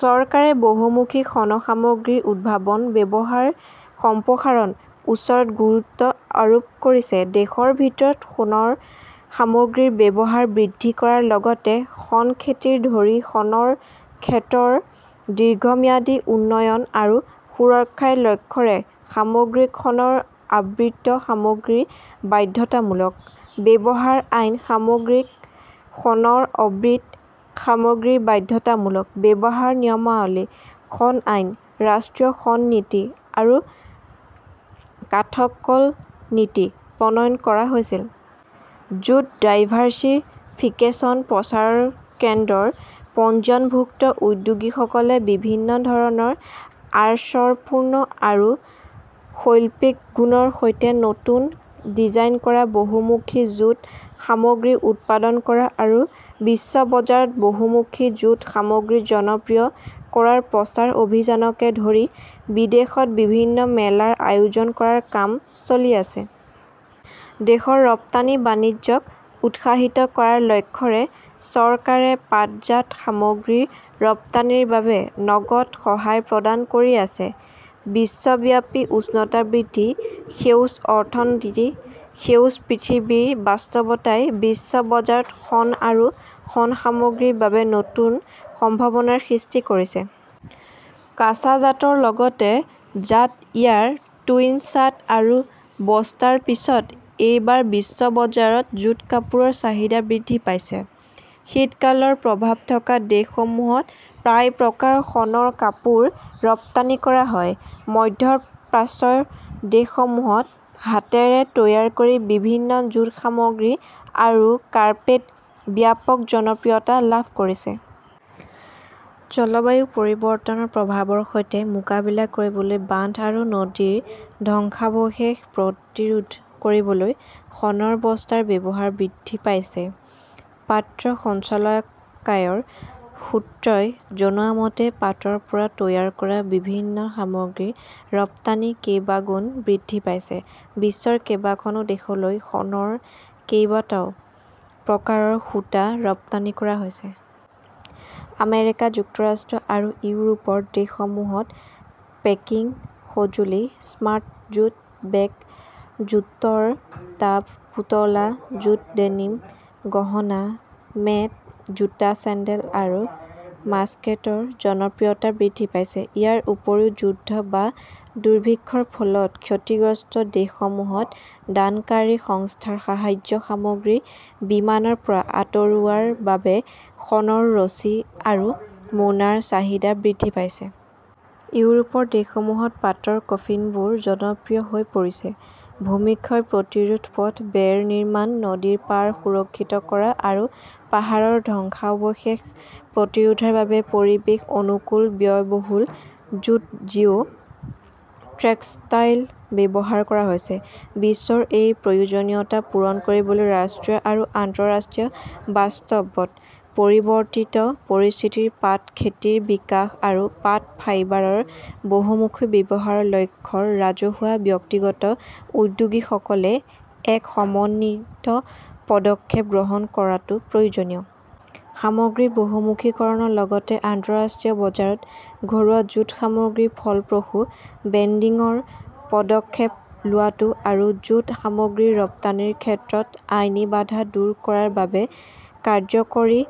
চৰকাৰে বহুমুখী শণ সামগ্ৰীৰ উদ্ভাৱন, ব্যৱহাৰ সম্প্ৰসাৰণৰ ওপৰত গুৰুত্ব আৰোপ কৰিছে। দেশৰ ভিতৰত শণৰ সামগ্ৰীৰ ব্যৱহাৰ বৃদ্ধি কৰাৰ লগতে শণ খেতিকে ধৰি শণৰ ক্ষেত্ৰৰ দীৰ্ঘম্যাদী উন্নয়ন আৰু সুৰক্ষাৰ লক্ষ্যৰে 'সামগ্ৰীত শণৰ আবৃত সামগ্ৰীৰ বাধ্যতামূলক ব্যৱহাৰ আইন,' 'সামগ্ৰীত শণৰ আবৃত সামগ্ৰীৰ বাধ্যতামূলক ব্যৱহাৰ নিয়মাৱলী, ', 'শণ আইন, ', 'ৰাষ্ট্ৰীয় শণ নীতি, ' আৰু 'কাঠক'ল নীতি,' প্ৰণয়ন কৰা হৈছে। জুট ডাইভাৰ্ছিফিকেচন প্ৰচাৰ কেন্দ্ৰৰ পঞ্জীয়নভুক্ত উদ্যোগীসকলে বিভিন্ন ধৰণৰ আড়ম্বৰপূৰ্ণ আৰু শৈল্পিক গুণৰ সৈতে নতুন ডিজাইন কৰা বহুমুখী জুট সামগ্ৰী উৎপাদন কৰা আৰু বিশ্ব বজাৰত বহুমুখী জুট সামগ্ৰী জনপ্ৰিয় কৰাৰ প্ৰচাৰ অভিযানকে ধৰি বিদেশত বিভিন্ন মেলাৰ আয়োজন কৰাৰ কাম চলি আছে। দেশৰ ৰপ্তানি বাণিজ্যক উৎসাহিত কৰাৰ লক্ষ্যৰে চৰকাৰে পাটজাত সামগ্ৰীৰ ৰপ্তানিৰ বাবে নগদ সহায় প্ৰদান কৰি আছে। বিশ্বব্যাপী উষ্ণতা বৃদ্ধি, সেউজ অৰ্থনীতি, সেউজ পৃথিৱীৰ বাস্তৱতাই বিশ্ব বজাৰত শণ আৰু শণ সামগ্ৰীৰ বাবে নতুন সম্ভাৱনাৰ সৃষ্টি কৰিছে। কাঁচা জাটৰ লগতে জাট ইয়াৰ, টুইন, চাট আৰু বস্তাৰ পিছত এইবাৰ বিশ্ব বজাৰত জুট কাপোৰৰ চাহিদা বৃদ্ধি পাইছে। শীতকালৰ প্ৰভাৱ থকা দেশসমূহত প্ৰায় প্ৰকাৰৰ শণৰ কাপোৰ ৰপ্তানি কৰা হয়। মধ্য প্ৰাচ্যৰ দেশসমূহত হাতেৰে তৈয়াৰ কৰা বিভিন্ন জুট সামগ্ৰী আৰু কাৰ্পেট ব্যাপক জনপ্ৰিয়তা লাভ কৰিছে। জলবায়ু পৰিৱৰ্তনৰ প্ৰভাৱৰ সৈতে মোকাবিলা কৰিবলৈ বান্ধ আৰু নদীৰ ধ্বংসাৱশেষ প্ৰতিৰোধ কৰিবলৈ শণৰ বস্তাৰ ব্যৱহাৰ বৃদ্ধি পাইছে। পাট সঞ্চালকালয়ৰ সূত্ৰই জনোৱা মতে, পাটৰ পৰা তৈয়াৰ কৰা বিভিন্ন সামগ্ৰীৰ ৰপ্তানি কেইবাগুণ বৃদ্ধি পাইছে। বিশ্বৰ কেইবাখনো দেশলৈ শণৰ কেইবটাও প্ৰকাৰৰ সূতা ৰপ্তানি কৰা হৈছে। আমেৰিকা যুক্তৰাষ্ট্ৰ আৰু ইউৰোপৰ দেশসমূহত পেকিং সঁজুলি, স্মাৰ্ট জুট বেগ, জুটৰ টাব, পুতলা, জুট ডেনিম, গহনা, মেট, জোতা, চেণ্ডেল আৰু বাস্কেটৰ জনপ্ৰিয়তা বৃদ্ধি পাইছে। ইয়াৰ উপৰিও যুদ্ধ বা দুৰ্ভিক্ষৰ ফলত ক্ষতিগ্ৰস্ত দেশসমূহত দানকাৰী সংস্থাৰ সাহায্য সামগ্ৰী বিমানৰ পৰা আঁতৰোৱাৰ বাবে শণৰ ৰছী আৰু মোনাৰ চাহিদা বৃদ্ধি পাইছে। ইউৰোপৰ দেশসমূহত পাটৰ কফিনবোৰ জনপ্ৰিয় হৈ পৰিছে। ভূমিক্ষয় প্ৰতিৰোধ, পথ, বেৰ নিৰ্মাণ, নদীৰ পাৰ সুৰক্ষিত কৰা আৰু পাহাৰৰ ধ্বংসাৱশেষ প্ৰতিৰোধৰ বাবে পৰিৱেশ-অনুকূল, ব্যয়বহুল জুট জিঅ ""টেক্সটাইল ব্যৱহাৰ কৰা হৈছে। বিশ্বৰ এই প্ৰয়োজনীয়তা পূৰণ কৰিবলৈ, ৰাষ্ট্ৰীয় আৰু আন্তঃৰাষ্ট্ৰীয় বাস্তৱত, পৰিৱৰ্তিত পৰিস্থিতিত পাট খেতিৰ বিকাশ আৰু পাট ফাইবাৰৰ বহুমুখী ব্যৱহাৰৰ লক্ষ্যৰে ৰাজহুৱা-ব্যক্তিগত উদ্যোগীসকলে এক সমন্বিত পদক্ষেপ গ্ৰহণ কৰাটো প্ৰয়োজনীয়। সামগ্ৰীৰ বহুমুখীকৰণৰ লগতে আন্তঃৰাষ্ট্ৰীয় বজাৰত ঘৰুৱা জুট সামগ্ৰীৰ ফলপ্ৰসূ ব্ৰেণ্ডিংৰ পদক্ষেপ লোৱাটো আৰু জুট সামগ্ৰীৰ ৰপ্তানিৰ ক্ষেত্ৰত আইনী বাধা দূৰ কৰাৰ বাবে কাৰ্যকৰী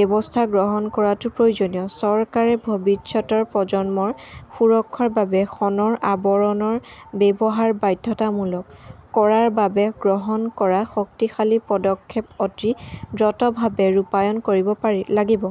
ব্যৱস্থা গ্ৰহণ কৰাটো প্ৰয়োজনীয়। চৰকাৰে ভৱিষ্যতৰ প্ৰজন্মৰ সুৰক্ষাৰ বাবে শণৰ আৱৰণৰ ব্যৱহাৰ বাধ্যতামূলক কৰাৰ বাবে গ্ৰহণ কৰা শক্তিশালী পদক্ষেপ অতি দ্ৰুতভাৱে ৰূপায়ণ কৰিব লাগিব।